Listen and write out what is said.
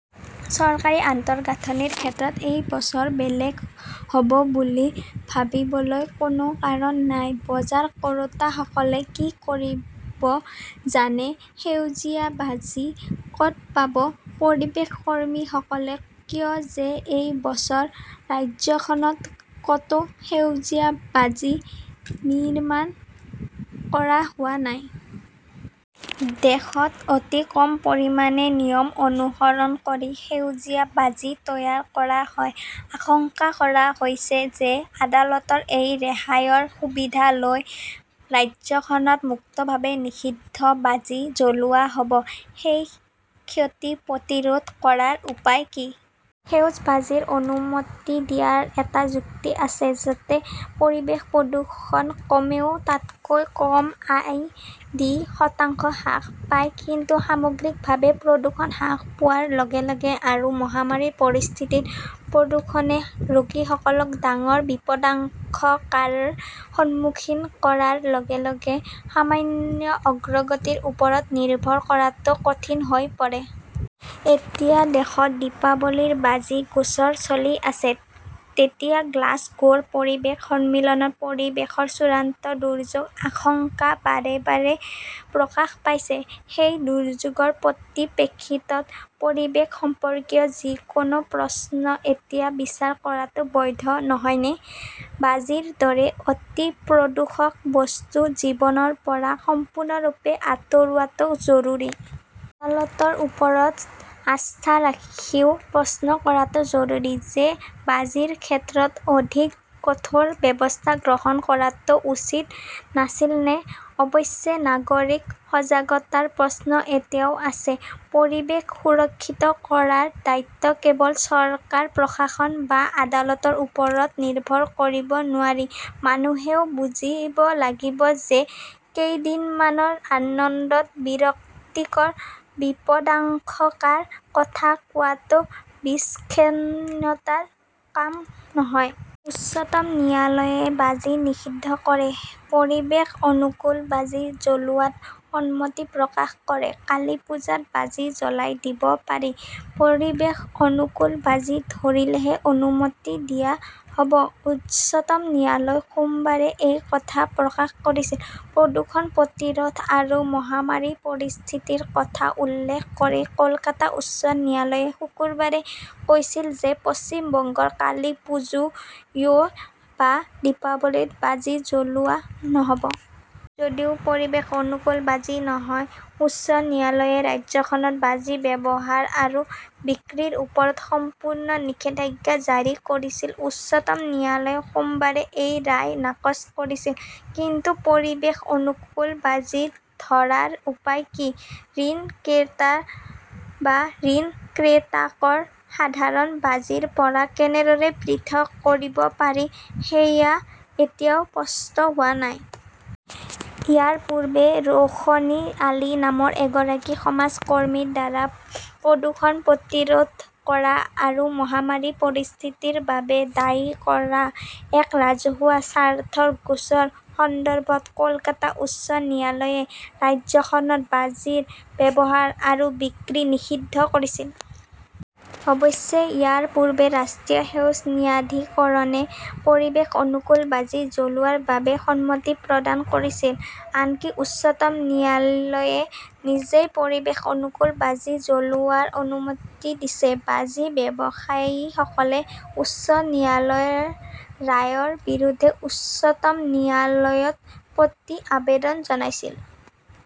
চৰকাৰী আন্তঃগাঁথনিৰ ক্ষেত্ৰত এই বছৰ বেলেগ হ'ব বুলি ভাবিবলৈ কোনো কাৰণ নাই। বজাৰ কৰোতাসকলে কি কৰিব জানে, সেউজীয়া বাজি ক'ত পাব? পৰিৱেশ কৰ্মীসকলে কয় যে এই বছৰ ৰাজ্যখনত ক'তো সেউজীয়া বাজি নিৰ্মাণ কৰা হোৱা নাই। দেশত অতি কম পৰিমাণে নিয়ম অনুসৰণ কৰি সেউজীয়া বাজি তৈয়াৰ কৰা হয়। আশংকা কৰা হৈছে যে আদালতৰ এই ৰেহাইৰ সুবিধা লৈ ৰাজ্যখনত মুক্তভাৱে নিষিদ্ধ বাজি জ্বলোৱা হ'ব। সেই ক্ষতি প্ৰতিৰোধ কৰাৰ উপায় কি? সেউজ বাজিৰ অনুমতি দিয়াৰ এটা যুক্তি আছিল, যাতে পৰিৱেশৰ প্ৰদূষণ কমেও তাতকৈ কম আই. ডি. শতাংশ হ্ৰাস পায়। কিন্তু সামগ্ৰিকভাৱে প্ৰদূষণ হ্ৰাস পোৱাৰ লগে - লগে আৰু মহামাৰীৰ পৰিস্থিতিত প্ৰদূষণে ৰোগীসকলক ডাঙৰ বিপদাশংকাৰ সন্মুখীন কৰাৰ লগে লগে সামান্য অগ্ৰগতিৰ ওপৰত নিৰ্ভৰ কৰাটো কঠিন হৈ পৰে। যেতিয়া দেশত দীপাৱলীৰ বাজিৰ গোচৰ চলি আছে, তেতিয়া গ্লাছগোৰ পৰিৱেশ সন্মিলনত পৰিৱেশৰ চূড়ান্ত দুৰ্যোগৰ আশংকা বাৰে বাৰে প্ৰকাশ পাইছে। সেই দুৰ্যোগৰ পতিপ্ৰেক্ষিতত পৰিৱেশ সম্পৰ্কীয় যিকোনো প্ৰশ্ন এতিয়া বিচাৰ কৰাটো বৈধ নহয়নে? বাজিৰ দৰে অতি প্ৰদূষক বস্তু জীৱনৰ পৰা সম্পূৰ্ণৰূপে আঁতৰোৱাটো জৰুৰী। আদালতৰ ওপৰত আস্থা ৰাখিও প্ৰশ্ন কৰাটো জৰুৰী যে বাজিৰ ক্ষেত্ৰত অধিক কঠোৰ ব্যৱস্থা গ্ৰহণ কৰাটো উচিত নাছিলনে? অৱশ্যে, নাগৰিক সজাগতাৰ প্ৰশ্ন এতিয়াও আছে। পৰিৱেশ সুৰক্ষিত কৰাৰ দায়িত্ব কেৱল চৰকাৰ, প্ৰশাসন বা আদালতৰ ওপৰত নিৰ্ভৰ কৰিব নোৱাৰি-মানুহেও বুজিব লাগিব যে কেইদিনমানৰ আনন্দত বিৰক্তিকৰ বিপদাশংকাৰ কথা কোৱাটো বিচক্ষণতাৰ কাম নহয়। উচ্চতম ন্যায়ালয়ে বাজি নিষিদ্ধ কৰে, পৰিৱেশ অনুকূল বাজি জ্বলোৱাত সন্মতি প্ৰকাশ কৰে কালিপ্পুজাত বাজি জ্বলাই দিব পাৰি। পৰিৱেশ অনুকূল বাজি ধৰিলেহে অনুমতি দিয়া হ'ব। উচ্চতম ন্যায়ালয়ে সোমবাৰে এই কথা প্ৰকাশ কৰিছিল। প্ৰদূষণ প্ৰতিৰোধ আৰু মহামাৰীৰ পৰিস্থিতিৰ কথা উল্লেখ কৰি কলকাতা উচ্চ ন্যায়ালয়ে শুকুৰবাৰে কৈছিল যে পশ্চিম বংগত কালীপুজোয় বা দীপাৱলীত বাজি জ্বলোৱা নহ'ব। যদিও পৰিৱেশ-অনুকূল বাজি নহয়। উচ্চ ন্যায়ালয়ে ৰাজ্যখনত বাজি ব্যৱহাৰ আৰু বিক্ৰীৰ ওপৰত সম্পূৰ্ণ নিষেধাজ্ঞা জাৰি কৰিছিল। উচ্চতম ন্যায়ালয়ে সোমবাৰে এই ৰায় নাকচ কৰিছিল। কিন্তু পৰিৱেশ অনুকূল বাজি ধৰাৰ উপায় কি? গ্ৰীণ ক্ৰেটাৰ বা গ্ৰীণ ক্ৰেটাৰক সাধাৰণ বাজিৰ পৰা কেনেদৰে পৃথক কৰিব পাৰি সেয়া এতিয়াও স্পষ্ট হোৱা নাই। ইয়াৰ পূৰ্বে, ৰোশনী আলী নামৰ এগৰাকী সমাজ কৰ্মীৰ দ্বাৰা প্ৰদূষণ প্ৰতিৰোধ কৰা আৰু মহামাৰীৰ পৰিস্থিতিৰ বাবে দায়ী কৰা এক ৰাজহুৱা স্বাৰ্থৰ গোচৰৰ সন্দৰ্ভত কলকাতা উচ্চ ন্যায়ালয়ে ৰাজ্যখনত বাজিৰ ব্যৱহাৰ আৰু বিক্ৰী নিষিদ্ধ কৰিছিল। অৱশ্যে ইয়াৰ পূৰ্বে ৰাষ্ট্ৰীয় সেউজ ন্যায়াধিকৰণে পৰিৱেশ অনুকূল বাজি জ্বলোৱাৰ বাবে সন্মতি প্ৰদান কৰিছিল। আনকি উচ্চতম ন্যায়ালয়ে নিজেই পৰিৱেশ অনুকূল বাজি জ্বলোৱাৰ অনুমতি দিছে। বাজি ব্যৱসায়ীসকলে উচ্চ ন্যায়ালয়ৰ ৰায়ৰ বিৰুদ্ধে উচ্চতম ন্যায়ালয়ত প্ৰতি-আবেদন জনাইছিল।